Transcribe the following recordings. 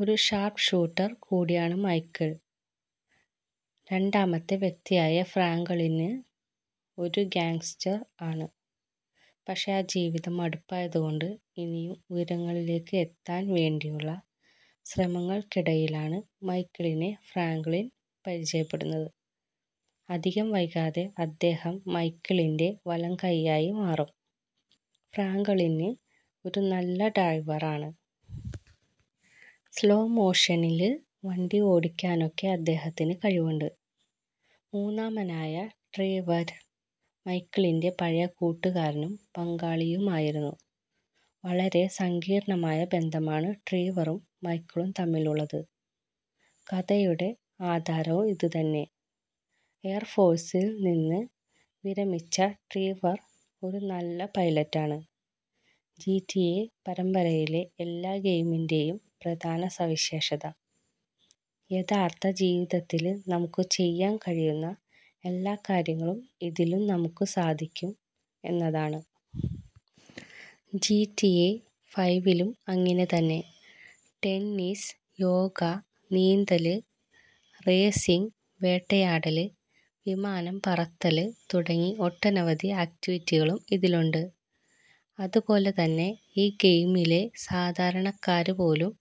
ഒരു Sharp shooter കൂടിയാണ് Michael. രണ്ടാമത്തെ വ്യക്തിയായ ഫ്രാങ്കളിന് ഒരു ഗാങ്സ്റ്റര് ആണ്. പക്ഷെ ആ ജീവിതം മടുപ്പായതുകൊണ്ട് ഇനിയും ഉയരങ്ങളിലേക്ക് എത്താന് വേണ്ടിയുള്ള ശ്രമങ്ങള്ക്കിടയിലാണ് മൈക്കിളിനെ ഫ്രാങ്കളിന് പരിചയപ്പെടുന്നത്. അധികം വൈകാതെ അദ്ദേഹം മൈക്കിളിന്റെ വലംകയ്യായി മാറും. ഫ്രാങ്കളിന് ഒരു നല്ല ഡ്രൈവറാണ്. സ്ലോ മോഷനില് വണ്ടി ഓടിക്കാനൊക്കെ അദ്ദേഹത്തിന് കഴിവുണ്ട്. മൂന്നാമനായ ട്രീവര് മൈക്കിളിന്റെ പഴയ കൂട്ടുകാരനും പങ്കാളിയുമായിരുന്നു, വളരെ സങ്കീര്ണ്ണമായ ബന്ധമാണ് ട്രീവറും മൈക്കിളും തമ്മിലുള്ളത്. കഥയുടെ ആധാരവും ഇത് തന്നെ. എയര് ഫോഴ്സില് നിന്ന് വിരമിച്ച ട്രീവര് ഒരു നല്ല പൈലറ്റാണ്. ജിറ്റിഎ പരമ്പരയിലെ എല്ലാ ഗെയിമിന്റെയും പ്രധാന സവിശേഷത, യഥാര്ത്ഥ ജീവിതത്തില് നമുക്ക് ചെയ്യാന് കഴിയുന്ന എല്ലാ കാര്യങ്ങളും ഇതിലും നമുക്ക് സാധിക്കും എന്നതാണ്. ജിറ്റിഎ ഫൈവിലും അങ്ങിനെ തന്നെ. ടെന്നീസ്, യോഗ, നീന്തല്, റേസിംഗ്, വേട്ടയാടല്, വിമാനം പറത്തല് തുടങ്ങി ഒട്ടനവധി ആക്റ്റിവിറ്റികളും ഇതിലുണ്ട്. അതുപോലെ തന്നെ, ഈ ഗെയിമിലെ സാധാരണക്കാര് പോലും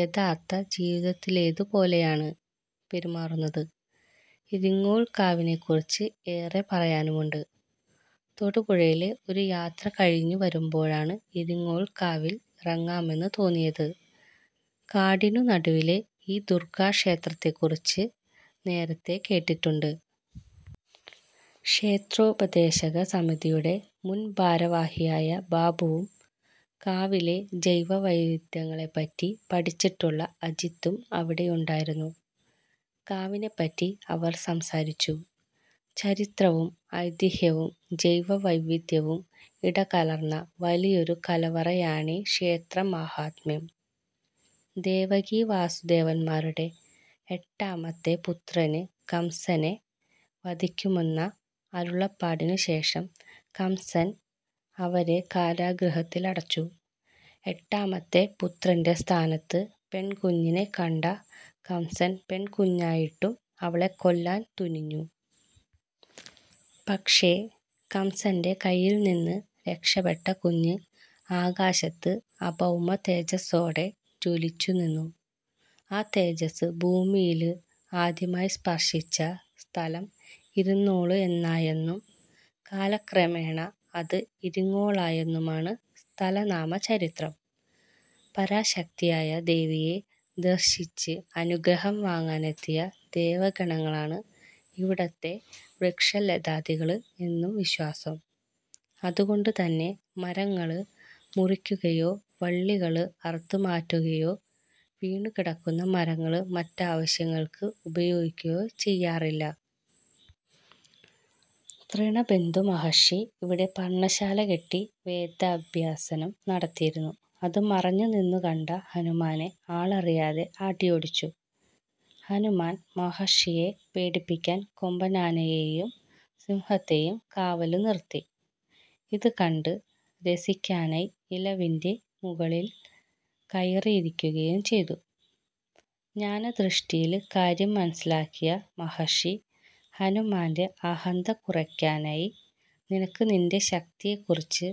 യഥാര്ത്ഥ ജീവിതത്തിലേതു പോലെയാണ് പെരുമാറുന്നത്. ഇരിങ്ങോള്കാവിനെക്കുറിച്ച് ഏറെ പറയാനുമുണ്ട്. തൊടുപുഴയില് ഒരു യാത്ര കഴിഞ്ഞുവരുമ്പോഴാണ് ഇരിങ്ങോള്കാവില് ഇറങ്ങാമെന്ന് തോന്നിയത്. കാടിനു നടുവിലെ ഈ ദുര്ഗാക്ഷേത്രത്തെക്കുറിച്ച് നേരത്തെ കേട്ടിട്ടുണ്ട്. ക്ഷേത്രോപദേശക സമിതിയുടെ മുന്ഭാരവാഹിയായ ബാബുവും കാവിലെ ജൈവവൈവിധ്യങ്ങളെപ്പറ്റി പഠിച്ചിട്ടുള്ള അജിത്തും അവിടെയുണ്ടായിരുന്നു. കാവിനെപ്പറ്റി അവര് സംസാരിച്ചു. ചരിത്രവും ഐതിഹ്യവും ജൈവവൈവിധ്യവും ഇടകലര്ന്ന വലിയൊരു കലവറയാണീ ക്ഷേത്രമാഹാത്മ്യം. ദേവകീവാസുദേവന്മാരുടെ എട്ടാമത്തെ പുത്രന് കംസനെ വധിക്കുമെന്ന അരുളപ്പാടിനുശേഷം കംസന് അവരെ കാരാഗൃഹത്തിലടച്ചു. എട്ടാമത്തെ പുത്രന്റെ സ്ഥാനത്ത് പെണ്കുഞ്ഞിനെ കണ്ട കംസന് പെണ്കുഞ്ഞായിട്ടും അവളെ കൊല്ലാന് തുനിഞ്ഞു. പക്ഷേ, കംസന്റെ കയ്യില്നിന്ന് രക്ഷപ്പെട്ട കുഞ്ഞ് ആകാശത്ത് അഭൗമതേജസ്സോടെ ജ്വലിച്ചുനിന്നു. ആ തേജസ്സ് ഭൂമിയില് ആദ്യമായി സ്പര്ശിച്ച സ്ഥലം ഇരുന്നോള് എന്നായെന്നും കാലക്രമേണ അത് ഇരിങ്ങോളായെന്നുമാണ് സ്ഥലനാമ ചരിത്രം. പരാശക്തിയായ ദേവിയെ ദര്ശിച്ച് അനുഗ്രഹം വാങ്ങാനെത്തിയ ദേവഗണങ്ങളാണ് ഇവിടുത്തെ വൃക്ഷലതാദികള് എന്നും വിശ്വാസം. അതുകൊണ്ടുതന്നെ മരങ്ങള് മുറിക്കുകയോ വള്ളികള് അറുത്തുമാറ്റുകയോ വീണുകിടക്കുന്ന മരങ്ങള് മറ്റാവശ്യങ്ങള്ക്ക് ഉപയോഗിക്കുകയോ ചെയ്യാറില്ല. തൃണബിന്ദു മഹര്ഷി ഇവിടെ പര്ണശാല കെട്ടി വേദാഭ്യസനം നടത്തിയിരുന്നു. അത് മറഞ്ഞുനിന്നു കണ്ട ഹനുമാനെ ആളറിയാതെ ആട്ടിയോടിച്ചു. ഹനുമാന് മഹര്ഷിയെ പേടിപ്പിക്കാന് കൊമ്പനാനയെയും സിംഹത്തെയും കാവല് നിര്ത്തി. ഇതുകണ്ട് രസിക്കാനായി ഇലവിന്റെ മുകളില് കയറിയിരിക്കുകയും ചെയ്തു. ജ്ഞാനദൃഷ്ടിയില് കാര്യം മനസ്സിലാക്കിയ മഹര്ഷി ഹനുമാന്റെ അഹന്ത കുറയ്ക്കാനായി നിനക്ക് നിന്റെ ശക്തിയെക്കുറിച്ച്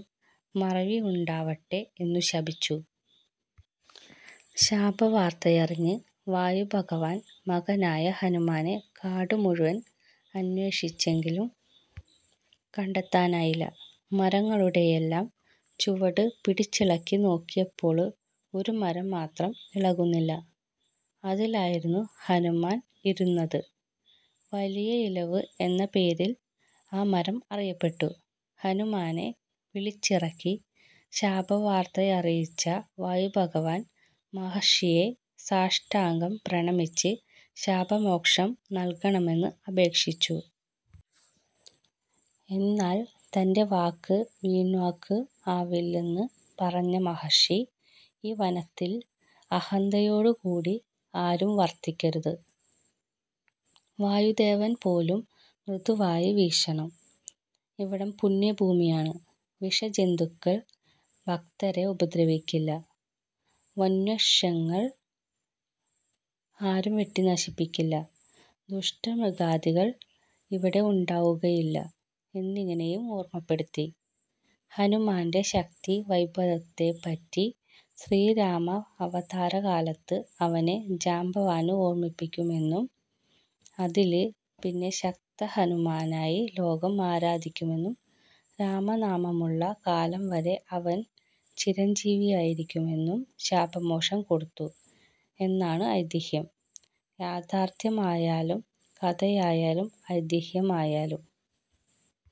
മറവിയുണ്ടാവട്ടെ എന്നു ശപിച്ചു. ശാപവാര്ത്തയറിഞ്ഞ് വായുഭഗവാന് മകനായ ഹനുമാനെ കാടു മുഴുവന് അന്വേഷിച്ചെങ്കിലും കണ്ടെത്താനായില്ല. മരങ്ങളുടെയെല്ലാം ചുവട് പിടിച്ചിളക്കിനോക്കിയപ്പോള് ഒരു മരം മാത്രം ഇളകുന്നില്ല. അതിലായിരുന്നു ഹനുമാന് ഇരുന്നത്. വലിയ ഇലവ് എന്ന പേരില് ആ മരം അറിയപ്പെട്ടു. ഹനുമാനെ വിളിച്ചിറക്കി ശാപവാര്ത്തയറിയിച്ച വായുഭഗവാന് മഹര്ഷിയെ സാഷ്ടാംഗം പ്രണമിച്ച് ശാപമോക്ഷം നല്കണമെന്ന് അപേക്ഷിച്ചു. എന്നാല് തന്റെ വാക്ക് വീണ്വാക്ക് ആവില്ലെന്ന് പറഞ്ഞ മഹര്ഷി ഈ വനത്തില് അഹന്തയോടുകൂടി ആരും വര്ത്തിക്കരുത്. വായുദേവന്പോലും മൃദുവായി വീശണം. ഇവിടം പുണ്യഭൂമിയാണ്, വിഷജന്തുക്കള് ഭക്തരെ ഉപദ്രവിക്കില്ല. വന്വൃക്ഷങ്ങള് ആരും വെട്ടിനശിപ്പിക്കില്ല. ദുഷ്ടമൃഗാദികള് ഇവിടെ ഉണ്ടാവുകയില്ല എന്നിങ്ങനെയും ഓര്മപ്പെടുത്തി. ഹനുമാന്റെ ശക്തി വൈഭവത്തെപറ്റി ശ്രീരാമാവതാരകാലത്ത് അവനെ ജാംബവാന് ഓര്മിപ്പിക്കുമെന്നും അതില് പിന്നെ ശക്തഹനുമാനായി ലോകം ആരാധിക്കുമെന്നും രാമനാമമുള്ള കാലം വരെ അവന് ചിരഞ്ജീവിയായിരിക്കുമെന്നും ശാപമോക്ഷം കൊടുത്തു എന്നാണ് ഐതിഹ്യം. യാഥാര്ഥ്യമായാലും കഥയായാലും ഐതിഹ്യമായാലും